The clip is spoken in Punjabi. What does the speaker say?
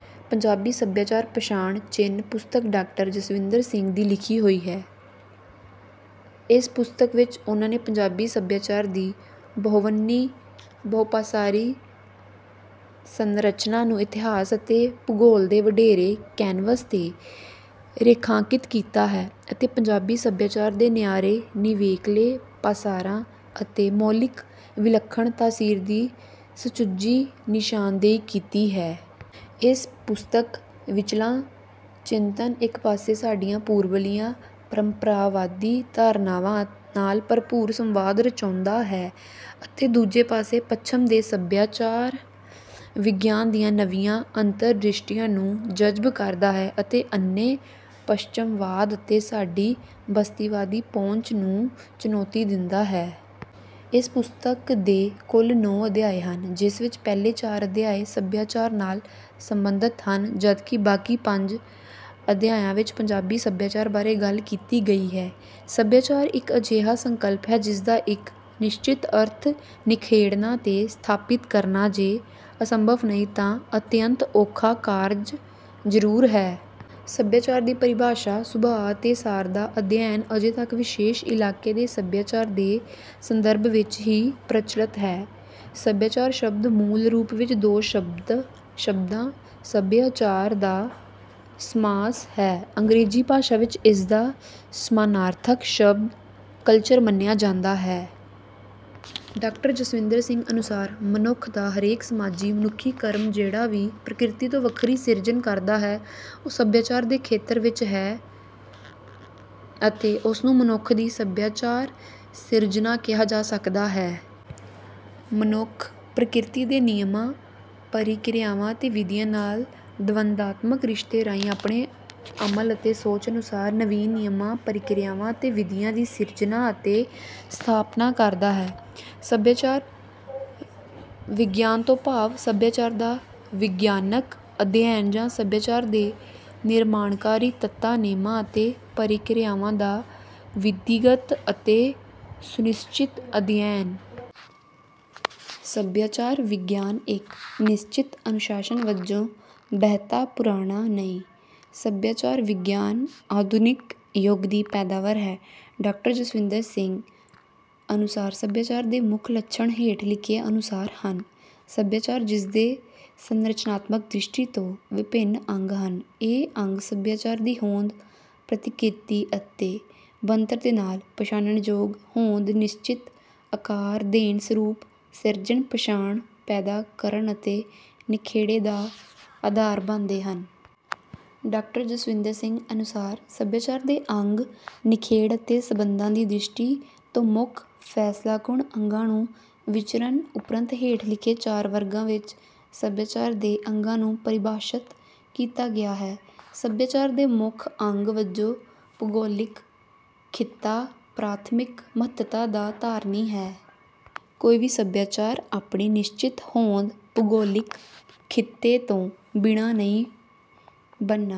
ਪੰਜਾਬੀ ਸਭਿਆਚਾਰ ਪਛਾਣ ਚਿੰਨ੍ਹ ਪੁਸਤਕ ਡਾਕਟਰ ਜਸਵਿੰਦਰ ਸਿੰਘ ਦੀ ਲਿਖੀ ਹੋਈ ਹੈ। ਇਸ ਪੁਸਤਕ ਵਿੱਚ ਉਨ੍ਹਾਂ ਨੇ ਪੰਜਾਬੀ ਸਭਿਆਚਾਰ ਦੀ ਬਹੁਵੰਨੀ ਬਹੁਪਾਸਾਰੀ ਸੰਰਚਨਾ ਨੂੰ ਇਤਿਹਾਸ ਅਤੇ ਭੂਗੋਲ ਦੇ ਵਡੇਰੇ ਕੈਨਵਸ ਤੇ ਰੇਖਾਂਕਿਤ ਕੀਤਾ ਹੈ ਅਤੇ ਪੰਜਾਬੀ ਸਭਿਆਚਾਰ ਦੇ ਨਿਆਰੇ ਨਿਵੇਕਲੇ ਪਾਸਾਰਾਂ ਅਤੇ ਮੌਲਿਕ ਵਿਲਖਣ ਤਾਸੀਰ ਦੀ ਸੁਚੱਜੀ ਨਿਸ਼ਾਨਦੇਹੀ ਕੀਤੀ ਹੈ। ਇਸ ਪੁਸਤਕ ਵਿੱਚਲਾ ਚਿੰਤਨ ਇੱਕ ਪਾਸੇ ਸਾਡੀਆਂ ਪੂਰਬਲੀਆਂ ਪਰੰਪਰਾਵਾਦੀ ਧਾਰਨਾਵਾਂ ਨਾਲ ਭਰਪੂਰ ਸੰਵਾਦ ਰਚਾਉਂਦਾ ਹੈ ਅਤੇ ਦੂਜੇ ਪਾਸੇ ਪੱਛਮ ਦੇ ਸਭਿਆਚਾਰ ਵਿਗਿਆਨ ਦੀਆਂ ਨਵੀਆਂ ਅੰਤਰਦ੍ਰਿਸ਼ਟੀਆਂ ਨੂੰ ਜਜਬ ਕਰਦਾ ਹੈ ਅਤੇ ਅੰਨੇ ਪੱਛਮਵਾਦ ਅਤੇ ਸਾਡੀ ਬਸਤੀਵਾਦੀ ਪਹੁੰਚ ਨੂੰ ਚੁਣੌਤੀ ਦਿੰਦਾ ਹੈ। ਇਸ ਪੁਸਤਕ ਦੇ ਕੁਲ ਨੌਂ ਅਧਿਆਏ ਹਨ। ਜਿਸ ਵਿੱਚ ਪਹਿਲੇ ਚਾਰ ਅਧਿਆਏ ਸਭਿਆਚਾਰ ਨਾਲ ਸਬੰਧਤ ਹਨ ਜਦਕਿ ਬਾਕੀ ਪੰਜ ਅਧਿਆਇਆਂ ਵਿੱਚ ਪੰਜਾਬੀ ਸਭਿਆਚਾਰ ਬਾਰੇ ਗੱਲ ਕੀਤੀ ਗਈ ਹੈ। ਸਭਿਆਚਾਰ ਇੱਕ ਅਜਿਹਾ ਸੰਕਲਪ ਹੈ ਜਿਸ ਦਾ ਇੱਕ ਨਿਸਚਿਤ ਅਰਥ ਨਿਖੇੜਨਾ ਤੇ ਸਥਾਪਿਤ ਕਰਨਾ ਜੇ ਅਸੰਭਵ ਨਹੀਂ ਤਾਂ ਅਤਿਅੰਤ ਔਖਾ ਕਾਰਜ ਜਰੂਰ ਹੈ। ਸਭਿਆਚਾਰ ਦੀ ਪਰਿਭਾਸ਼ਾ ਸੁਭਾਅ ਅਤੇ ਸਾਰ ਦਾ ਅਧਿਐਨ ਅਜੇ ਤੱਕ ਵਿਸ਼ੇਸ਼ ਇਲਾਕੇ ਦੇ ਸਭਿਆਚਾਰ ਦੇ ਸੰਦਰਭ ਵਿੱਚ ਹੀ ਪ੍ਰਚਲਤ ਹੈ। ਸਭਿਆਚਾਰ ਸ਼ਬਦ ਮੂਲ ਰੂਪ ਵਿੱਚ ਦੋ ਸ਼ਬਦਾ ਸਭਯ ਆਚਾਰ ਦਾ ਸਮਾਸ ਹੈ। ਅੰਗਰੇਜੀ ਭਾਸ਼ਾ ਵਿੱਚ ਇਸਦਾ ਸਮਾਨਾਰਥਕ ਸ਼ਬਦ ਕਲਚਰ ਮੰਨਿਆ ਜਾਂਦਾ ਹੈ। ਡਾਕਟਰ ਜਸਵਿੰਦਰ ਸਿੰਘ ਅਨੁਸਾਰ ਮਨੁਖ ਦਾ ਹਰੇਕ ਸਮਾਜੀ ਮਨੁਖੀ ਕਰਮ ਜਿਹੜਾ ਵੀ ਪ੍ਰਕਿਰਤੀ ਤੋਂ ਵਖਰੀ ਸਿਰਜਣ ਕਰਦਾ ਹੈ ਉਹ ਸਭਿਆਚਾਰ ਦੇ ਖੇਤਰ ਵਿੱਚ ਹੈ ਅਤੇ ਉਸ ਨੂੰ ਮਨੁਖ ਦੀ ਸਭਿਆਚਾਰ ਸਿਰਜਣਾ ਕਿਹਾ ਜਾ ਸਕਦਾ ਹੈ। ਮਨੁੱਖ ਪ੍ਰਕਿਰਤੀ ਦੇ ਨਿਯਮਾਂ ਪ੍ਰਕਿਰਿਆਵਾਂ ਅਤੇ ਵਿਧੀਆਂ ਨਾਲ ਦਵੰਦਾਤਮਕ ਰਿਸ਼ਤੇ ਰਾਹੀਂ ਆਪਣੇ ਅਮਲ ਅਤੇ ਸੋਚ ਅਨੁਸਾਰ ਨਵੀਨ ਨਿਯਮਾਂ ਪ੍ਰਕਿਰਿਆਵਾਂ ਅਤੇ ਵਿਧੀਆਂ ਦੀ ਸਿਰਜਣਾ ਅਤੇ ਸਥਾਪਨਾ ਕਰਦਾ ਹੈ। ਸਭਿਆਚਾਰ ਵਿਗਿਆਨ ਤੋਂ ਭਾਵ ਸਭਿਆਚਾਰ ਦਾ ਵਿਗਿਆਨਕ ਅਧਿਐਨ ਜਾਂ ਸਭਿਆਚਾਰ ਦੇ ਨਿਰਮਾਣਕਾਰੀ ਤੱਤਾਂ ਨੇਮਾਂ ਅਤੇ ਪ੍ਰਕਿਰਿਆਵਾਂ ਦਾ ਵਿਧੀਗਤ ਅਤੇ ਸੁਨਿਸਚਿਤ ਅਧਿਐਨ। ਸਭਿਆਚਾਰ ਵਿਗਿਆਨ ਇੱਕ ਨਿਸਚਿਤ ਅਨੁਸਾਸ਼ਨ ਵਜੋਂ ਬਹਤਾ ਪੁਰਾਣਾ ਨਹੀਂ। ਸਭਿਆਚਾਰ ਵਿਗਿਆਨ ਆਧੁਨਿਕ ਯੁੱਗ ਦੀ ਪੈਦਾਵਾਰ ਹੈ। ਡਾਕਟਰ ਜਸਵਿੰਦਰ ਸਿੰਘ ਅਨੁਸਾਰ ਸਭਿਆਚਾਰ ਦੇ ਮੁਖ ਲੱਛਣ ਹੇਠ ਲਿਖੇ ਅਨੁਸਾਰ ਹਨ। ਸਭਿਆਚਾਰ ਜਿਸਦੇ ਸੰਰਚਨਾਤਮਕ ਦ੍ਰਿਸ਼ਟੀ ਤੋਂ ਵਿਭਿੰਨ ਅੰਗ ਹਨ ਇਹ ਅੰਗ ਸਭਿਆਚਾਰ ਦੀ ਹੋਂਦ ਪ੍ਰਕਿਰਤੀ ਅਤੇ ਬਣਤਰ ਦੇ ਨਾਲ ਪਛਾਨਣਯੋਗ ਹੋਂਦ ਨਿਸਚਿਤ ਆਕਾਰ ਦੇਣ ਸਰੂਪ ਸਿਰਜਣ ਪਛਾਣ ਪੈਦਾ ਕਰਨ ਅਤੇ ਨਿਖੇੜੇ ਦਾ ਆਧਾਰ ਬਣਦੇ ਹਨ। ਡਾਕਟਰ ਜਸਵਿੰਦਰ ਸਿੰਘ ਅਨੁਸਾਰ ਸਭਿਆਚਾਰ ਦੇ ਅੰਗ ਨਿਖੇੜ ਅਤੇ ਸਬੰਧਾਂ ਦੀ ਦ੍ਰਿਸ਼ਟੀ ਤੋਂ ਮੁਖ ਫੈਸਲਾਕੁਨ ਅੰਗਾਂ ਨੂੰ ਵਿਚਰਣ ਉਪਰੰਤ ਹੇਠ ਲਿਖੇ ਚਾਰ ਵਰਗਾਂ ਵਿੱਚ ਸਭਿਆਚਾਰ ਦੇ ਅੰਗਾਂ ਨੂੰ ਪਰਿਭਾਸ਼ਤ ਕੀਤਾ ਗਿਆ ਹੈ। ਸਭਿਆਚਾਰ ਦੇ ਮੁਖ ਅੰਗ ਵਜੋਂ ਭੂਗੌਲਿਕ ਖਿੱਤਾ ਪ੍ਰਾਥਮਿਕ ਮਹੱਤਤਾ ਦਾ ਧਾਰਨੀ ਹੈ। ਕੋਈ ਵੀ ਸਭਿਆਚਾਰ ਆਪਣੀ ਨਿਸ਼ਚਿਤ ਹੋਂਦ ਭੂਗੌਲਿਕ ਖਿਤੇ ਤੋਂ ਬਿਨਾ ਨਹੀਂ ਬਣਾ